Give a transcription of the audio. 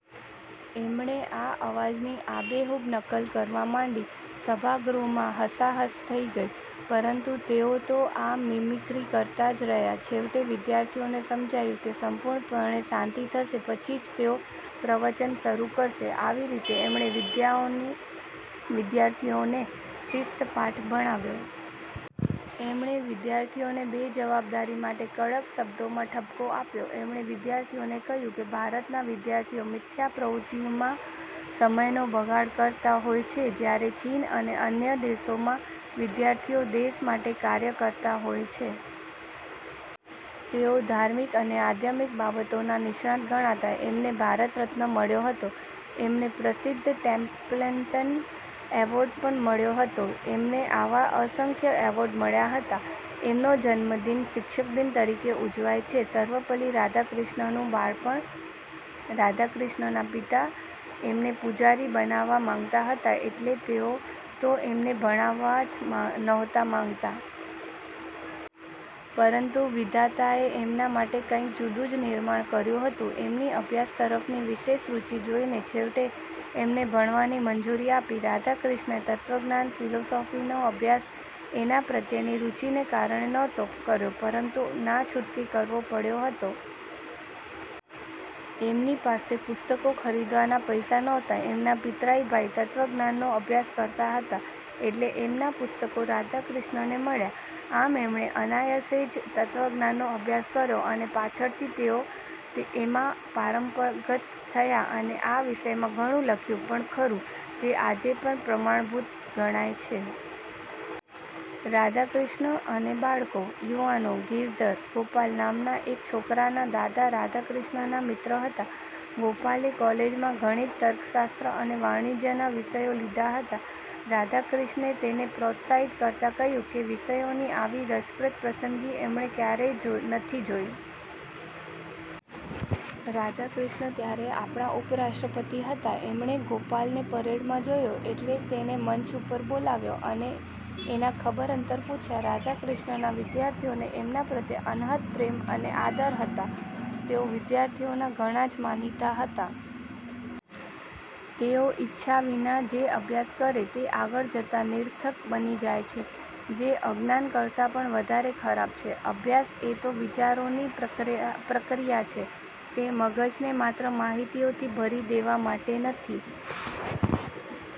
એમણે આ અવાજની આબેહૂબ નકલ કરવા માંડી. સભાગૃહમાં હસાહસ થઇ ગઈ પરંતુ તેઓ તો આ મિમિક્રી કરતા જ રહ્યા. છેવટે વિદ્યાર્થીઓને સમજાયું કે સંપૂર્ણપણે શાંતિ થશે પછી જ તેઓ પ્રવચન શરુ કરશે. આવી રીતે એમણે વિદ્યાર્થીઓને શિસ્તનો પાઠ ભણાવ્યો. એમણે વિદ્યાર્થીઓને બેજવાબદારી માટે કડક શબ્દોમાં ઠપકો આપ્યો. એમણે વિદ્યાર્થીઓને કહ્યું કે ભારતના વિદ્યાર્થીઓ મિથ્યા પ્રવૃત્તિઓમાં સમયનો બગાડ કરતા હોય છે જયારે ચીન અને અન્ય દેશોમાં વિદ્યાર્થીઓ દેશ માટે કાર્ય કરતા હોય છે. તેઓ ધાર્મિક અને આધ્યાત્મિક બાબતોના નિષ્ણાત ગણાતા. એમને ભારતરત્ન મળ્યો હતો. એમને પ્રસિદ્ધ ટેમ્પલ્ટન એવોર્ડ પણ મળ્યો હતો. એમને આવા અસંખ્ય એવોર્ડ મળ્યા હતા. એમનો જન્મદિન શિક્ષકદિન તરીકે ઉજવાય છે. સર્વપલ્લી રાધાક્રિશ્નનનું બાળપણ રાધાક્રિશ્નનના પિતા એમને પૂજારી બનાવવા માંગતા હતા એટલે તેઓ તો એમને ભણાવવા જ નહોતા માંગતા! પરંતુ વિધાતાએ એમના માટે કાંઈક જુદું જ નિર્માણ કર્યું હતું! એમની અભ્યાસ તરફની વિશેષ રુચિ જોઈને છેવટે એમને ભણવાની મંજૂરી આપી. રાધાક્રિશ્નને તત્વજ્ઞાન-ફિલસુફીનો અભ્યાસ એના પ્રત્યેની રુચિને કારણે નહોતો કર્યો પરંતુ ના છૂટકે કરવો પડયો હતો. એમની પાસે પુસ્તકો ખરીદવાના પૈસા નહોતા. એમના પિતરાઈ ભાઈ તત્વજ્ઞાનનો અભ્યાસ કરતા હતા એટલે એમના પુસ્તકો રાધાક્રિશ્નનને મળ્યા. આમ એમણે અનાયાસે જ તત્વજ્ઞાનનો અભ્યાસ કર્યો અને પાછળથી તો તેઓ એમાં પારંગત થયા અને આ વિષયમાં ઘણું લખ્યું પણ ખરું જે આજે પણ પ્રમાણભૂત ગણાય છે. રાધાક્રિશ્નન અને બાળકો / યુવાનો ગિરિધર ગોપાલ નામના એક છોકરાના દાદા રાધાક્રિશ્નનના મિત્ર હતા. ગોપાલે કોલેજમાં ગણિત, તર્કશાસ્ત્ર અને વાણિજ્યના વિષયો લીધા હતા. રાધાક્રિશ્નને તેને પ્રોત્સાહિત કરતાં કહ્યું કે વિષયોની આવી રસપ્રદ પસંદગી એમણે ક્યારેય નથી જોઈ. રાધાક્રિશ્નન ત્યારે આપણા ઉપરાષ્ટ્રપતિ હતા. એમણે ગોપાલને પરેડમાં જોયો એટલે તેને મંચ ઉપર બોલાવ્યો અને એના ખબરઅંતર પૂછ્યા. રાધાક્રિશ્નનના વિદ્યાર્થીઓને એમના પ્રત્યે અનહદ પ્રેમ અને આદર હતા. તેઓ વિદ્યાર્થીઓના ઘણા જ માનીતા હતા. તેઓ ઈચ્છા વિના જે અભ્યાસ કરે તે આગળ જતાં નિરર્થક બની જાય છે જે અજ્ઞાન કરતાં પણ વધારે ખરાબ છે. અભ્યાસ એ તો વિચારોની પ્રક્રિયા છે. તે મગજને માત્ર માહિતીઓથી ભરી દેવા માટે નથી.